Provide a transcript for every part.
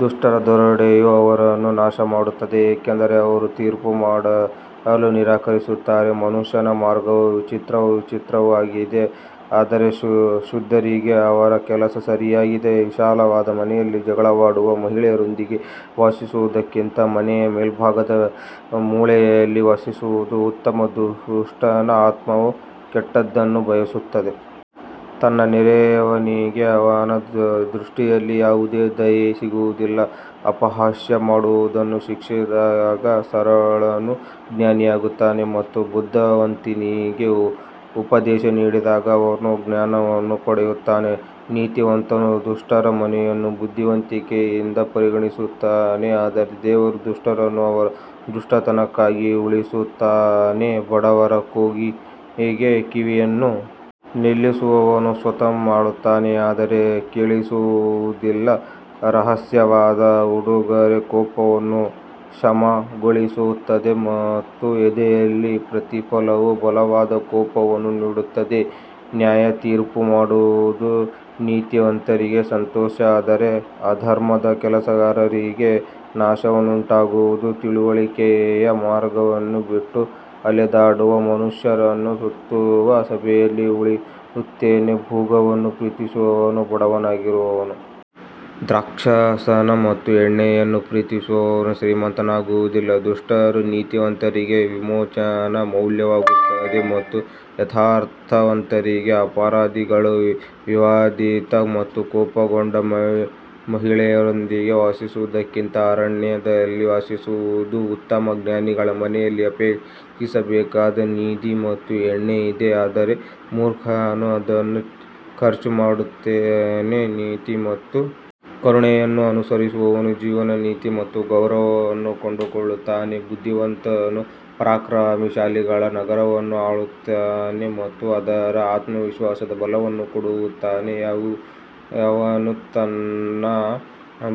ದುಷ್ಟರ ದರೋಡೆಯು ಅವರನ್ನು ನಾಶಮಾಡುತ್ತದೆ ಏಕೆಂದರೆ ಅವರು ತೀರ್ಪು ಮಾಡಲು ನಿರಾಕರಿಸುತ್ತಾರೆ ಮನುಷ್ಯನ ಮಾರ್ಗವು ವಿಚಿತ್ರವೂ ವಿಚಿತ್ರವೂ ಆಗಿದೆ ಆದರೆ ಶುದ್ಧರಿಗೆ ಅವನ ಕೆಲಸ ಸರಿಯಾಗಿದೆ ವಿಶಾಲವಾದ ಮನೆಯಲ್ಲಿ ಜಗಳವಾಡುವ ಮಹಿಳೆಯೊಂದಿಗೆ ವಾಸಿಸುವುದಕ್ಕಿಂತ ಮನೆಯ ಮೇಲ್ಭಾಗದ ಮೂಲೆಯಲ್ಲಿ ವಾಸಿಸುವುದು ಉತ್ತಮ ದುಷ್ಟನ ಆತ್ಮವು ಕೆಟ್ಟದ್ದನ್ನು ಬಯಸುತ್ತದೆ, ತನ್ನ ನೆರೆಯವನಿಗೆ ಅವನ ದೃಷ್ಟಿಯಲ್ಲಿ ಯಾವುದೇ ದಯೆ ಸಿಗುವುದಿಲ್ಲ ಅಪಹಾಸ್ಯ ಮಾಡುವವನನ್ನು ಶಿಕ್ಷಿಸಿದಾಗ ಸರಳನು ಜ್ಞಾನಿಯಾಗುತ್ತಾನೆ ಮತ್ತು ಬುದ್ಧಿವಂತನಿಗೆ ಉಪದೇಶ ನೀಡಿದಾಗ ಅವನು ಜ್ಞಾನವನ್ನು ಪಡೆಯುತ್ತಾನೆ ನೀತಿವಂತನು ದುಷ್ಟರ ಮನೆಯನ್ನು ಬುದ್ಧಿವಂತಿಕೆಯಿಂದ ಪರಿಗಣಿಸುತ್ತಾನೆ ಆದರೆ ದೇವರು ದುಷ್ಟರನ್ನು ಅವರ ದುಷ್ಟತನಕ್ಕಾಗಿ ಉರುಳಿಸುತ್ತಾನೆ ಬಡವರ ಕೂಗಿಗೆ ಕಿವಿಯನ್ನು ನಿಲ್ಲಿಸುವವನು ಸ್ವತಃ ಅಳುತ್ತಾನೆ ಆದರೆ ಕೇಳಿಸಿಕೊಳ್ಳುವುದಿಲ್ಲ ರಹಸ್ಯವಾದ ಉಡುಗೊರೆ ಕೋಪವನ್ನು ಶಮನಗೊಳಿಸುತ್ತದೆ ಮತ್ತು ಎದೆಯಲ್ಲಿ ಪ್ರತಿಫಲವು ಬಲವಾದ ಕೋಪವನ್ನು ನೀಡುತ್ತದೆ ನ್ಯಾಯತೀರ್ಪುಮಾಡುವುದು ನೀತಿವಂತರಿಗೆ ಸಂತೋಷ ಆದರೆ ಅಧರ್ಮದ ಕೆಲಸಗಾರರಿಗೆ ನಾಶನವುಂಟಾಗುವುದು ತಿಳುವಳಿಕೆಯ ಮಾರ್ಗವನ್ನು ಬಿಟ್ಟು ಅಲೆದಾಡುವ ಮನುಷ್ಯನು ಸತ್ತವರ ಸಭೆಯಲ್ಲಿ ಉಳಿಯುತ್ತಾನೆ ಭೋಗವನ್ನು ಪ್ರೀತಿಸುವವನು ಬಡವನಾಗಿರುವನು, ದ್ರಾಕ್ಷಾರಸ ಮತ್ತು ಎಣ್ಣೆಯನ್ನು ಪ್ರೀತಿಸುವವನು ಶ್ರೀಮಂತನಾಗುವುದಿಲ್ಲ ದುಷ್ಟರು ನೀತಿವಂತರಿಗೆ ವಿಮೋಚನಾ ಮೌಲ್ಯವಾಗುತ್ತಾರೆ ಮತ್ತು ಯಥಾರ್ಥವಂತರಿಗೆ ಅಪರಾಧಿಗಳು ವಿವಾದಿತ ಮತ್ತು ಕೋಪಗೊಂಡ ಮಹಿಳೆಯೊಂದಿಗೆ ವಾಸಿಸುವುದಕ್ಕಿಂತ ಅರಣ್ಯದಲ್ಲಿ ವಾಸಿಸುವುದು ಉತ್ತಮ ಜ್ಞಾನಿಗಳ ಮನೆಯಲ್ಲಿ ಅಪೇಕ್ಷಿಸಬೇಕಾದ ನಿಧಿ ಮತ್ತು ಎಣ್ಣೆ ಇದೆ ಆದರೆ ಮೂರ್ಖನು ಅದನ್ನು ಖರ್ಚುಮಾಡುತ್ತಾನೆ ನೀತಿ ಮತ್ತು ಕರುಣೆಯನ್ನು ಅನುಸರಿಸುವವನು ಜೀವನ ನೀತಿ ಮತ್ತು ಗೌರವವನ್ನು ಕಂಡುಕೊಳ್ಳುತ್ತಾನೆ ಬುದ್ಧಿವಂತನು ಪರಾಕ್ರಮಶಾಲಿಗಳ ನಗರವನ್ನು ಅಳೆಯುತ್ತಾನೆ ಮತ್ತು ಅದರ ಆತ್ಮವಿಶ್ವಾಸದ ಬಲವನ್ನು ಕೆಡವುತ್ತಾನೆ ಯಾವನು ತನ್ನ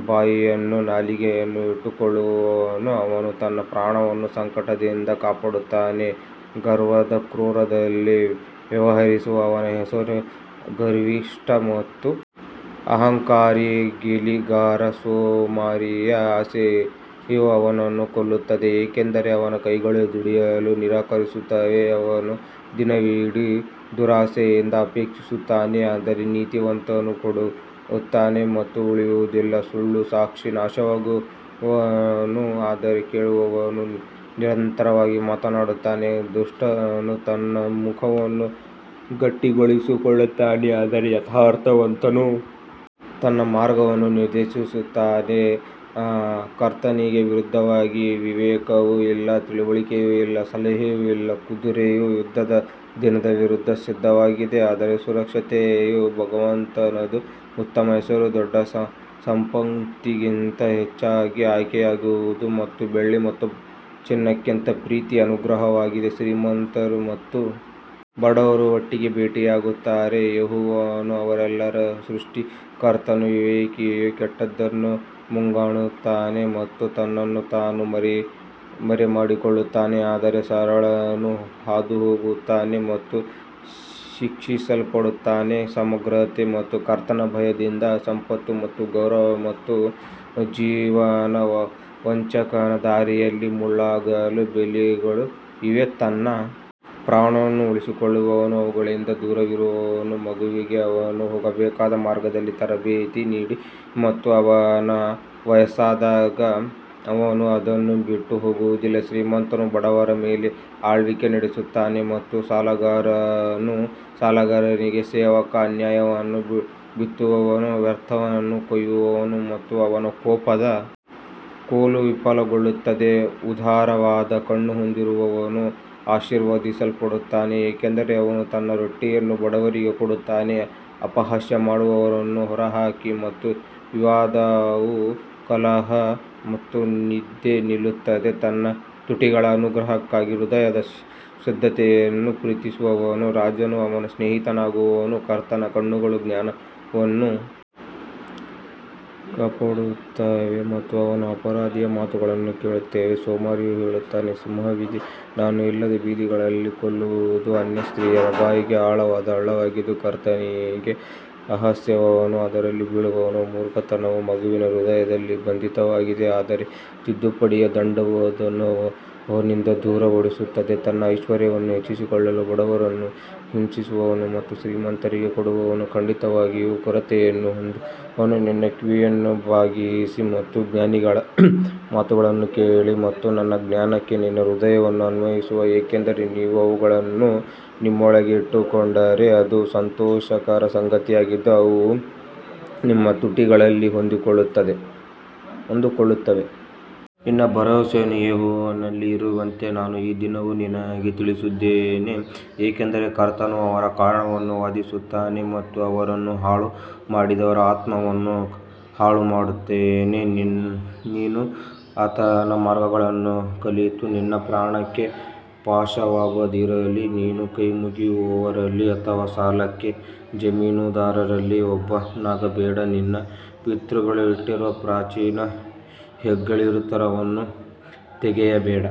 ಬಾಯಿಯನ್ನೂ ನಾಲಿಗೆಯನ್ನೂ ಇಟ್ಟುಕೊಳ್ಳುವನೋ ಅವನು ತನ್ನ ಪ್ರಾಣವನ್ನು ಸಂಕಟದಿಂದ ಕಾಪಾಡುತ್ತಾನೆ ಗರ್ವದ ಕ್ರೋಧದಲ್ಲಿ ವ್ಯವಹರಿಸುವ ಅವನ ಹೆಸರು ಗರ್ವಿಷ್ಠ ಮತ್ತು ಅಹಂಕಾರಿ ಗೇಲಿಗಾರ ಸೋಮಾರಿಯ ಆಸೆಯು ಅವನನ್ನು ಕೊಲ್ಲುತ್ತದೆ ಏಕೆಂದರೆ ಅವನ ಕೈಗಳು ದುಡಿಯಲು ನಿರಾಕರಿಸುತ್ತವೆ ಅವನು ದಿನವಿಡೀ ದುರಾಶೆಯಿಂದ ಅಪೇಕ್ಷಿಸುತ್ತಾನೆ ಆದರೆ ನೀತಿವಂತನು ಕೊಡುತ್ತಾನೆ ಮತ್ತು ಉಳಿಸುವುದಿಲ್ಲ ಸುಳ್ಳು ಸಾಕ್ಷಿ ನಾಶವಾಗುವನು ಆದರೆ ಕೇಳುವವನು ನಿರಂತರವಾಗಿ ಮಾತನಾಡುತ್ತಾನೆ ದುಷ್ಟನು ತನ್ನ ಮುಖವನ್ನು ಗಟ್ಟಿಗೊಳಿಸಿಕೊಳ್ಳುತ್ತಾನೆ ಆದರೆ ಯಥಾರ್ಥವಂತನು ತನ್ನ ಮಾರ್ಗವನ್ನು ನಿರ್ದೇಶಿಸುತ್ತಾನೆ ಕರ್ತನಿಗೆ ವಿರುದ್ಧವಾಗಿ ವಿವೇಕವೂ ಇಲ್ಲ, ತಿಳುವಳಿಕೆಯೂ ಇಲ್ಲ, ಸಲಹೆಯೂ ಇಲ್ಲ ಕುದುರೆಯು ಯುದ್ಧದ ದಿನದ ವಿರುದ್ಧ ಸಿದ್ಧವಾಗಿದೆ ಆದರೆ ಸುರಕ್ಷತೆಯು ಭಗವಂತನದು ಉತ್ತಮ ಹೆಸರು ದೊಡ್ಡ ಸಂಪತ್ತಿಗಿಂತ ಹೆಚ್ಚಾಗಿ ಆಯ್ಕೆಯಾಗುವುದು ಮತ್ತು ಬೆಳ್ಳಿ ಮತ್ತು ಚಿನ್ನಕ್ಕಿಂತ ಪ್ರೀತಿಯ ಅನುಗ್ರಹವಾಗಿದೆ ಶ್ರೀಮಂತರು ಮತ್ತು ಬಡವರು ಒಟ್ಟಿಗೆ ಭೇಟಿಯಾಗುತ್ತಾರೆ ಯೆಹೋವನು ಅವರೆಲ್ಲರ ಸೃಷ್ಟಿಕರ್ತನು ವಿವೇಕಿಯು ಕೆಟ್ಟದ್ದನ್ನು ಮುಂಗಾಣುತ್ತಾನೆ ಮತ್ತು ತನ್ನನ್ನು ತಾನು ಮರೆಮಾಡಿಕೊಳ್ಳುತ್ತಾನೆ ಆದರೆ ಸರಳನು ಹಾದುಹೋಗುತ್ತಾನೆ ಮತ್ತು ಶಿಕ್ಷಿಸಲ್ಪಡುತ್ತಾನೆ ನಮ್ರತೆ ಮತ್ತು ಕರ್ತನ ಭಯದಿಂದ ಸಂಪತ್ತು ಮತ್ತು ಗೌರವ ಮತ್ತು ಜೀವನ ವಂಚಕನ ದಾರಿಯಲ್ಲಿ ಮುಳ್ಳುಗಳೂ ಬಲೆಗಳೂ ಇವೆ, ತನ್ನ ಪ್ರಾಣವನ್ನು ಉಳಿಸಿಕೊಳ್ಳುವವನು ಅವುಗಳಿಂದ ದೂರವಿರುವನು ಮಗುವಿಗೆ ಅವನು ಹೋಗಬೇಕಾದ ಮಾರ್ಗದಲ್ಲಿ ತರಬೇತಿ ನೀಡಿ ಮತ್ತು ಅವನು ವಯಸ್ಸಾದಾಗ ಅವನು ಅದನ್ನು ಬಿಟ್ಟು ಹೋಗುವುದಿಲ್ಲ ಶ್ರೀಮಂತನು ಬಡವರ ಮೇಲೆ ಆಳ್ವಿಕೆ ನಡೆಸುತ್ತಾನೆ ಮತ್ತು ಸಾಲಗಾರನು ಸಾಲಗಾರನಿಗೆ ಸೇವಕ ಅನ್ಯಾಯವನ್ನು ಬಿತ್ತುವವನು ವ್ಯರ್ಥವನ್ನು ಕೊಯ್ಯುವನು ಮತ್ತು ಅವನ ಕೋಪದ ಕೋಲು ವಿಫಲಗೊಳ್ಳುತ್ತದೆ ಉದಾರವಾದ ಕಣ್ಣು ಹೊಂದಿರುವವನು ಆಶೀರ್ವದಿಸಲ್ಪಡುತ್ತಾನೆ ಏಕೆಂದರೆ ಅವನು ತನ್ನ ರೊಟ್ಟಿಯನ್ನು ಬಡವರಿಗೆ ಕೊಡುತ್ತಾನೆ ಅಪಹಾಸ್ಯ ಮಾಡುವವರನ್ನು ಹೊರಹಾಕಿ ಮತ್ತು ವಿವಾದವು ಕಲಹ ಮತ್ತು ನಿಂದೆ ನಿಲ್ಲುತ್ತದೆ ತನ್ನ ತುಟಿಗಳ ಅನುಗ್ರಹಕ್ಕಾಗಿ ಹೃದಯದ ಶುದ್ಧತೆಯನ್ನು ಪ್ರೀತಿಸುವವನು ರಾಜನು ಅವನ ಸ್ನೇಹಿತನಾಗುವನು ಕರ್ತನ ಕಣ್ಣುಗಳು ಜ್ಞಾನವನ್ನು ಕಾಪಾಡುತ್ತವೆ ಮತ್ತು ಅವನು ಅಪರಾಧಿಯ ಮಾತುಗಳನ್ನು ಕೆಡವುತ್ತಾನೆ ಸೋಮಾರಿಯು ಹೇಳುತ್ತಾನೆ ಸಿಂಹವಿದೆ ನಾನು ಇಲ್ಲದೆ ಬೀದಿಗಳಲ್ಲಿ ಕೊಲ್ಲಲಾಗುವುದು ಅನ್ಯ ಸ್ತ್ರೀಯರ ಬಾಯಿ ಆಳವಾದ ಹಳ್ಳವಾಗಿದ್ದು ಕರ್ತನಿಗೆ ಅಸಹ್ಯಪಡುವವನು ಅದರಲ್ಲಿ ಬೀಳುವನು ಮೂರ್ಖತನವು ಮಗುವಿನ ಹೃದಯದಲ್ಲಿ ಬಂಧಿತವಾಗಿದೆ ಆದರೆ ತಿದ್ದುಪಡಿಯ ದಂಡವು ಅದನ್ನು ಅವನಿಂದ ದೂರ ಓಡಿಸುತ್ತದೆ ತನ್ನ ಐಶ್ವರ್ಯವನ್ನು ಹೆಚ್ಚಿಸಿಕೊಳ್ಳಲು ಬಡವರನ್ನು ಹಿಂಸಿಸುವವನು ಮತ್ತು ಶ್ರೀಮಂತರಿಗೆ ಕೊಡುವವನು ಖಂಡಿತವಾಗಿಯೂ ಕೊರತೆಯನ್ನು ಹೊಂದುವನು ನಿನ್ನ ಕಿವಿಯನ್ನು ಬಾಗಿಸಿ ಮತ್ತು ಜ್ಞಾನಿಗಳ ಮಾತುಗಳನ್ನು ಕೇಳಿ ಮತ್ತು ನನ್ನ ಜ್ಞಾನಕ್ಕೆ ನಿನ್ನ ಹೃದಯವನ್ನು ಅನ್ವಯಿಸು ಯಾಕಂದರೆ ನೀವು ಅವುಗಳನ್ನು ನಿಮ್ಮೊಳಗೆ ಇಟ್ಟುಕೊಂಡರೆ ಅದು ಸಂತೋಷಕರ ಸಂಗತಿಯಾಗಿದೆ, ಅವು ನಿಮ್ಮ ತುಟಿಗಳಲ್ಲಿ ಹೊಂದಿಕೊಳ್ಳುತ್ತವೆ. ನಿನ್ನ ಭರವಸವು ಯೆಹೋವನಲ್ಲಿ ಇರುವಂತೆ ನಾನು ಈ ದಿನವೂ ನಿನಗೆ ತಿಳಿಸಿದ್ದೇನೆ ಯಾಕಂದರೆ ಕರ್ತನು ಅವರ ಕಾರಣವನ್ನು ವಾದಿಸುತ್ತಾನೆ ಮತ್ತು ಅವರನ್ನು ಹಾಳು ಮಾಡಿದವರ ಆತ್ಮವನ್ನು ಹಾಳುಮಾಡುತ್ತಾನೆ ನೀನು ಆತನ ಮಾರ್ಗಗಳನ್ನು ಕಲಿತು ನಿನ್ನ ಪ್ರಾಣಕ್ಕೆ ಪಾಶವಾಗದಿರಲಿ ನೀನು ಕೈಮುಗಿಯುವವರಲ್ಲಿ ಅಥವಾ ಸಾಲಕ್ಕೆ ಜಾಮೀನುದಾರರಲ್ಲಿ ಒಬ್ಬನಾಗಬೇಡ ನಿನ್ನ ಪಿತೃಗಳು ಇಟ್ಟಿರುವ ಪ್ರಾಚೀನ ಹೆಗ್ಗುರುತನ್ನು ತೆಗೆಯಬೇಡ.